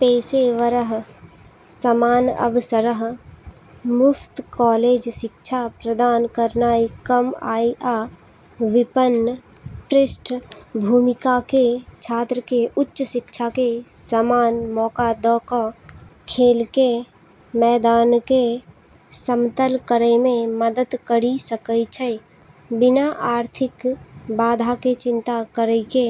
पेशेवर: समान अवसर: मुफ्त कॉलेज शिक्षा प्रदान करनाइ कम आय आ विपन्न पृष्ठभूमिके छात्रके उच्च शिक्षाके समान मौका द' क' खेलके मैदानके समतल करैमे मदद करि सकै छै, बिना आर्थिक बाधाके चिंता करैके।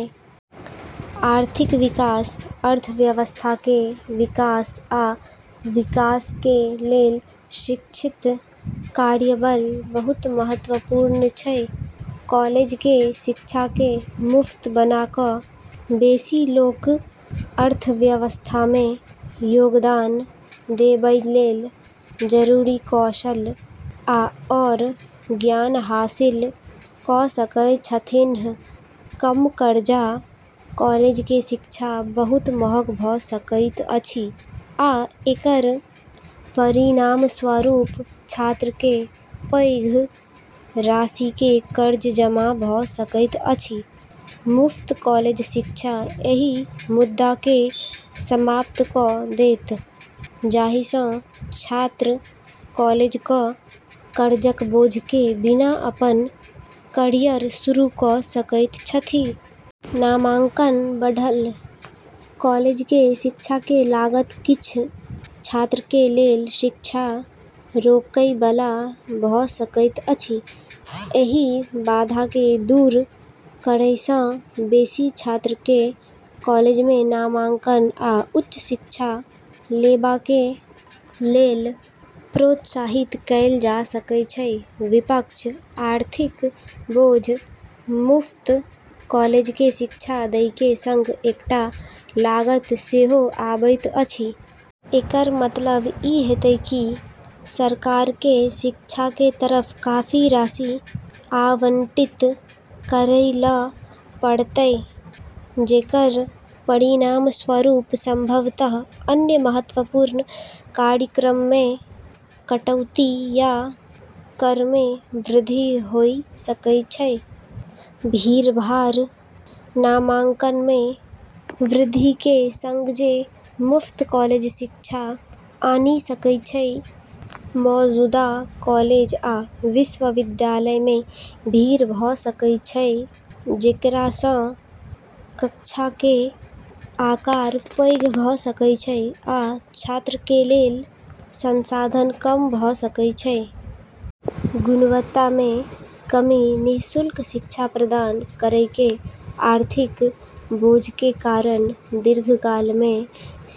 आर्थिक विकास: अर्थव्यवस्थाके विकास आ विकासके लेल शिक्षित कार्यबल बहुत महत्वपूर्ण छै। कॉलेजके शिक्षाके मुफ्त बना क' बेशी लोक अर्थव्यवस्थामे योगदान देबय लेल जरूरी कौशल आओर ज्ञान हासिल क' सकय छथिन्ह। कम कर्जा: कॉलेजके शिक्षा बहुत महग भ' सकैत अछि आ एकर परिणामस्वरूप छात्रके पैघ राशिके कर्ज जमा भ' सकैत अछि मुफ्त कॉलेज शिक्षा एहि मुद्दाके समाप्त क' देत, जाहिसँ छात्र कॉलेज क' कर्जक बोझके बिना अपन कैरियर शुरू क' सकैत छथि। नामांकन बढ़ल: कॉलेजके शिक्षाके लागत किछ छात्रके लेल शिक्षा रोकैबला भ' सकैत अछि। एहि बाधाके दूर करैसँ बेशी छात्रके कॉलेजमे नामांकन आ उच्च शिक्षा लेबाके लेल प्रोत्साहित कैल जा सकै छै। विपक्ष: आर्थिक बोझ: मुफ्त कॉलेजके शिक्षा दैके सङ्ग एकटा लागत सेहो अबैत अछि। एकर मतलब ई हेतै कि सरकारके शिक्षाके तरफ काफी राशि आवंटित करै ल' पड़तै, जेकर परिणामस्वरूप संभवतः अन्य महत्वपूर्ण कार्यक्रममे कटौती या करमे वृद्धि होइ सकै छै। भीड़भाड़: नामांकनमे वृद्धिके सङ्ग जे मुफ्त कॉलेज शिक्षा आनि सकै छै, मौजूदा कॉलेज आ विश्वविद्यालयमे भीड़ भ' सकै छै, जेकरासँ कक्षाके आकार पैघ भ' सकै छै आ छात्रके लेल संसाधन कम भ' सकै छै। गुणवत्तामे कमी: निःशुल्क शिक्षा प्रदान करैके आर्थिक बोझके कारण दीर्घकालमे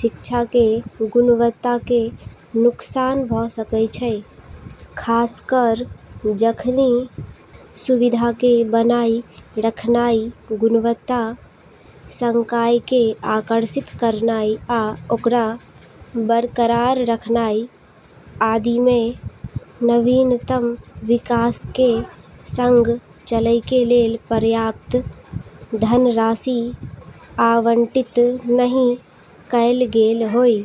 शिक्षाके गुणवत्ताके नुकसान भ' सकै छै, खासकर जखनि सुविधाके बनाइ रखनाइ, गुणवत्ता संकायके आकर्षित करनाइ आ ओकरा बरकरार रखनाइ आदिमे नवीनतम विकासके सङ्ग चलैके लेल पर्याप्त धनराशि आवंटित नहि कैल गेल होइ।